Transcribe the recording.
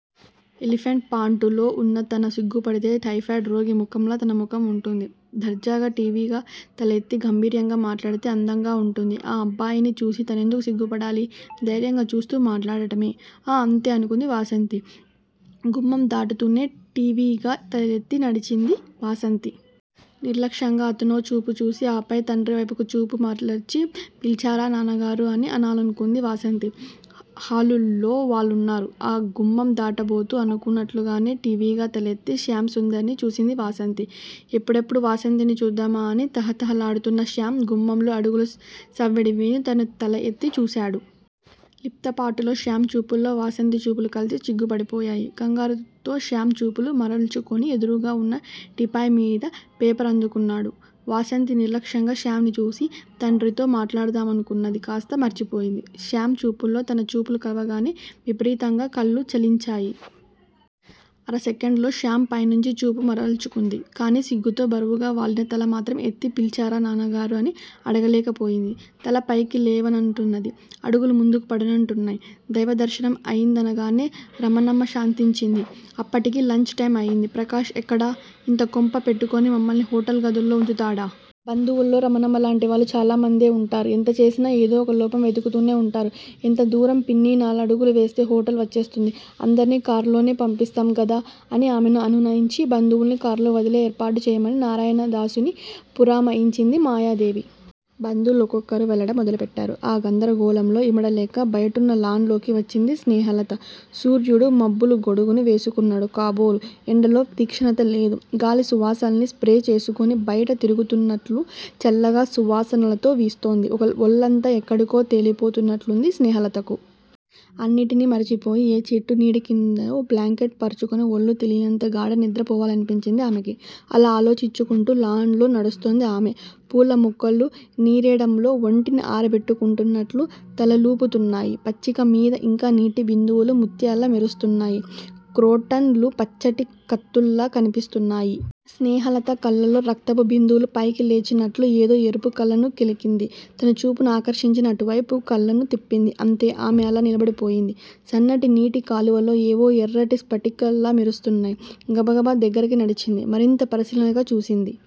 Elephant పాంటులో వున్న తను సిగ్గుపడితే టైఫాయిడ్ రోగి ముఖంలా తన ముఖం వుంటుంది. దర్జాగా ఠీవిగా తలఎత్తి గంభీర్యంగా మాట్లాడితే అందంగా వుంటుంది. ఆ అబ్బాయిని చూసి తానెందుకు సిగ్గుపడాలి! ధైర్యంగా చూస్తూ మాట్లాడటమే. ఆ అంతే అనుకుంది వాసంతి. గుమ్మందాటుతూనే ఠీవిగా తలఎత్తే నడిచింది వాసంతి. నిర్లక్ష్యంగా అతనో చూపు చూసి ఆపై తండ్రివైపుకి చూపు మరల్చి పిల్చారా నాన్నగారూ! అని అనాలనుకుంది వాసంతి. హాలులో వాళ్లున్నారు. ఆ గుమ్మం దాటబోతూ అనుకున్నట్లుగానే ఠీవిగా తలఎత్తి శ్యామ్ సుందర్ ని చూసింది వాసంతి. ఎప్పుడెప్పుడు వాసంతిని చూద్దామా అని తహతహలాడుతున్న శ్యామ్ గుమ్మంలో అడుగుల సవ్వడి విని తనూ తలఎత్తి చూశాడు. లిప్తపాటులో శ్యామ్ చూపుల్లో వాసంతి చూపులు కల్సి చిక్కుపడిపోయాయి. కంగారుతో శ్యామ్ చూపులు మరల్చుకోని ఎదురుగా వున్న టీపాయ్ మీద పేపరందుకున్నాడు. వాసంతి నిర్లక్ష్యంగా శ్యామ్ ని చూసి తండ్రితో మాట్లాడుదామనుకున్నది కాస్తా మర్చిపోయింది. శ్యామ్ చూపుల్లో తన చూపులు కవగానే విపరీతంగా కళ్ళు చలించాయి. అరసెకండులో శ్యామ్ పైనుంచి చూపు మరల్చుకుంది. కాని సిగ్గుతో బరువుగా వాలిన తల మాత్రం ఎత్తి పిల్చారా నాన్నగారూ! అని అడగలేకపోయింది. తలపైకి లేవనంటున్నది. అడుగులు ముందుకు పడనంటున్నాయి. దైవదర్శనం అయిందనగానే రమణమ్మ శాంతించింది. అప్పటికి లంచ్ టైమ్ అయింది. ప్రకాష్ ఎక్కడ? ఇంత కొంప పెట్టుకుని మమ్మల్ని హోటల్ గదుల్లో వుంచుతాడా? బంధువుల్లో రమణమ్మలాంటి వాళ్ళు చాలామందే వుంటారు ఎంత చేసినా ఏదో ఒక లోపం వెదుకుతూనే వుంటారు. ఎంత దూరం పిన్నీ- నాలుగడుగులు వేస్తే హోటల్ వచ్చేస్తుంది. అందర్నీ కారుల్లోనే పంపిస్తాం గదా అని ఆమెను అనునయించి బంధువుల్ని కార్లో వదిలే ఏర్పాట్లు చేయమని నారాయణదాసుని పురమాయించింది మాయాదేవి. బంధువులు ఒక్కొక్కరే వెళ్ళడం మొదలుపెట్టారు. ఆ గందరగోళంలో ఇమడలేక బయటున్న లాన్ లోకి వచ్చింది స్నేహలత. సూర్యుడు మబ్బుల గొడుగును వేసుకున్నాడు కాబోలు ఎండలో తీక్షణత లేదు. గాలి సువాసనల్ని స్ప్రే చేసుకుని బయట తిరుగుతున్నట్టు చల్లగా సువాసనలతో వీస్తోంది. ఒళ్ళంతా ఎక్కడికో తేలిపోతున్నట్లుంది స్నేహలతకు. అన్నిటినీ మరిచిపోయి ఏ చెట్టు నీడకిందో బ్లాంకెట్ పరుచుకుని ఒళ్ళు తెలియనంత గాఢనిద్ర పోవాలనిపించింది ఆమెకి. అలా ఆలోచించుకుంటూ లాన్ లో నడుస్తోంది ఆమె. పూలమొక్కలు నీరెండలో ఒంటిని ఆరబెట్టుకుంటున్నట్టు తలలూపుతున్నాయి. పచ్చికమీద ఇంకా నీటిబిందువులు ముత్యాల్లా మెరుస్తున్నాయి. క్రోటన్ లు పచ్చటి కత్తుల్లా కనిపిస్తున్నాయి. స్నేహలత కళ్ళల్లో రక్తపు బిందువులు పైకి లేచినట్టు ఏదో ఎరుపు కళ్ళను కెలికింది. తన చూపును ఆకర్షించిన అటువైపుకు కళ్ళను తిప్పింది. అంతే- ఆమె అలా నిలబడిపోయింది. సన్నటి నీటి కాలువలో ఏవో ఎర్రటి స్పటికాల్లా మెరుస్తున్నాయి. గబాగబా దగ్గరికి నడిచింది. మరింత పరిశీలనగా చూసింది.